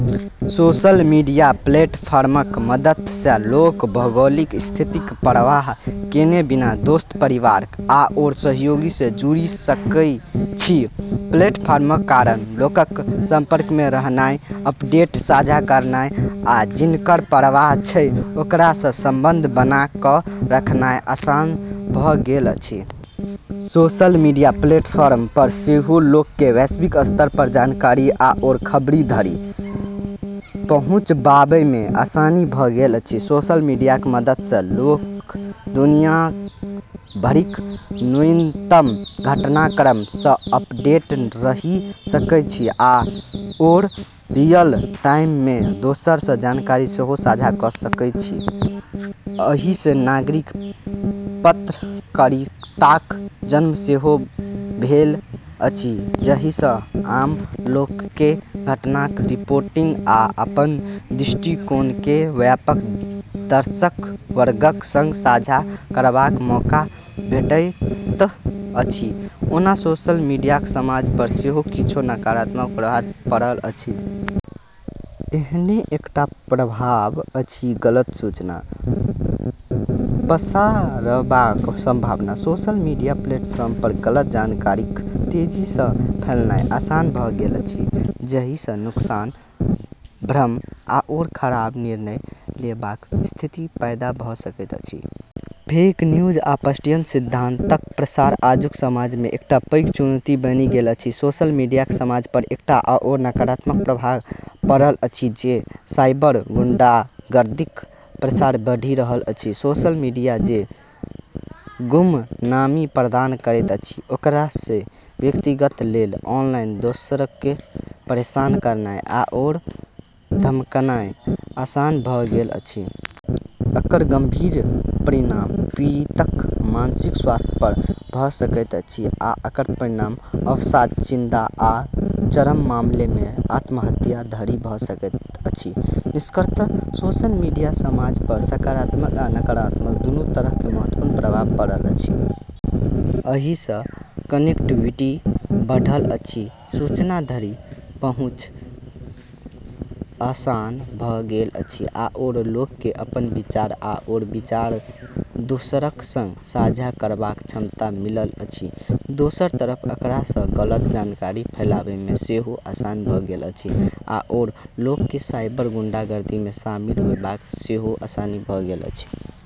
Social media प्लेटफॉर्मक मदद सँ लोक भौगोलिक स्थितिक परवाह केने बिना दोस्त, परिवार, आओर सहयोगी सँ जुड़ि सकैछी। प्लेटफॉर्मक कारण लोकक संपर्कमे रहनाइ, अपडेट साझा करनाइ, आ जिनकर परवाह छै ओकरा सँ संबंध बना क’ रखनाइ आसान भ’ गेल अछि। सोशल मीडिया प्लेटफॉर्म पर सेहो लोककेँ वैश्विक स्तर पर जानकारी आओर खबरि धरि पहुँछबामे आसानी भ’ गेल अछि। सोशल मीडियाक मदद सँ लोक दुनिया भरिक नवीनतम घटनाक्रम सँ अपडेट रहि सकैछी, आओर रियल टाइममे दोसर सँ जानकारी सेहो साझा क’ सकैछी। एहि सँ नागरिक पत्रकारिताक जन्म सेहो भेल अछि, जाहि सँ आम लोककेँ घटनाक रिपोर्टिंग आ अपन दृष्टिकोणकेँ व्यापक दर्शक वर्गक संग साझा करबाक मौका भेटैत अछि। ओना सोशल मीडियाक समाज पर सेहो किछु नकारात्मक प्रभाव पड़ल अछि। एहने एकटा प्रभाव अछि गलत सूचना पसारबाक संभावना। सोशल मीडिया प्लेटफॉर्म पर गलत जानकारीक तेजी सँ फैलनाइ आसान भ’ गेल अछि, जाहि सँ नुकसान, भ्रम आओर खराब निर्णय लेबाक स्थिति पैदा भ’ सकैत अछि। फेक न्यूज आ षड्यंत्र सिद्धांतक प्रसार आजुक समाजमे एकटा पैघ चुनौती बनि गेल अछि। सोशल मीडियाक समाज पर एकटा आओर नकारात्मक प्रभाव पड़ल अछि जे साइबर गुंडागर्दीक प्रसार बढ़ि रहल अछि। सोशल मीडिया जे गुमनामी प्रदान करैत अछि, ओकरा सँ व्यक्तिक लेल ऑनलाइन दोसरकेँ परेशान करनाइ आओर धमकनाइ आसान भ’ गेल अछि। एकर गंभीर परिणाम पीड़ितक मानसिक स्वास्थ्य पर भ’ सकैत अछि आ एकर परिणाम अवसाद, चिंता आ चरम मामलामे आत्महत्या धरि भ’ सकैत अछि। निष्कर्षतः सोशल मीडियाक समाज पर सकारात्मक आ नकारात्मक दुनू तरहक महत्वपूर्ण प्रभाव पड़ल अछि। एहि सँ कनेक्टिविटी बढ़ल अछि, सूचना धरि पहुँच आसान भ’ गेल अछि आओर लोककेँ अपन विचार आओर विचार दोसरक संग साझा करबाक क्षमता मिलल अछि। दोसर तरफ एकरा सँ गलत जानकारी फैलाबामे सेहो आसानी भ’ गेल अछि, आओर लोककेँ साइबर गुंडागर्दीमे शामिल होबामे सेहो आसानी भ’ गेल अछि।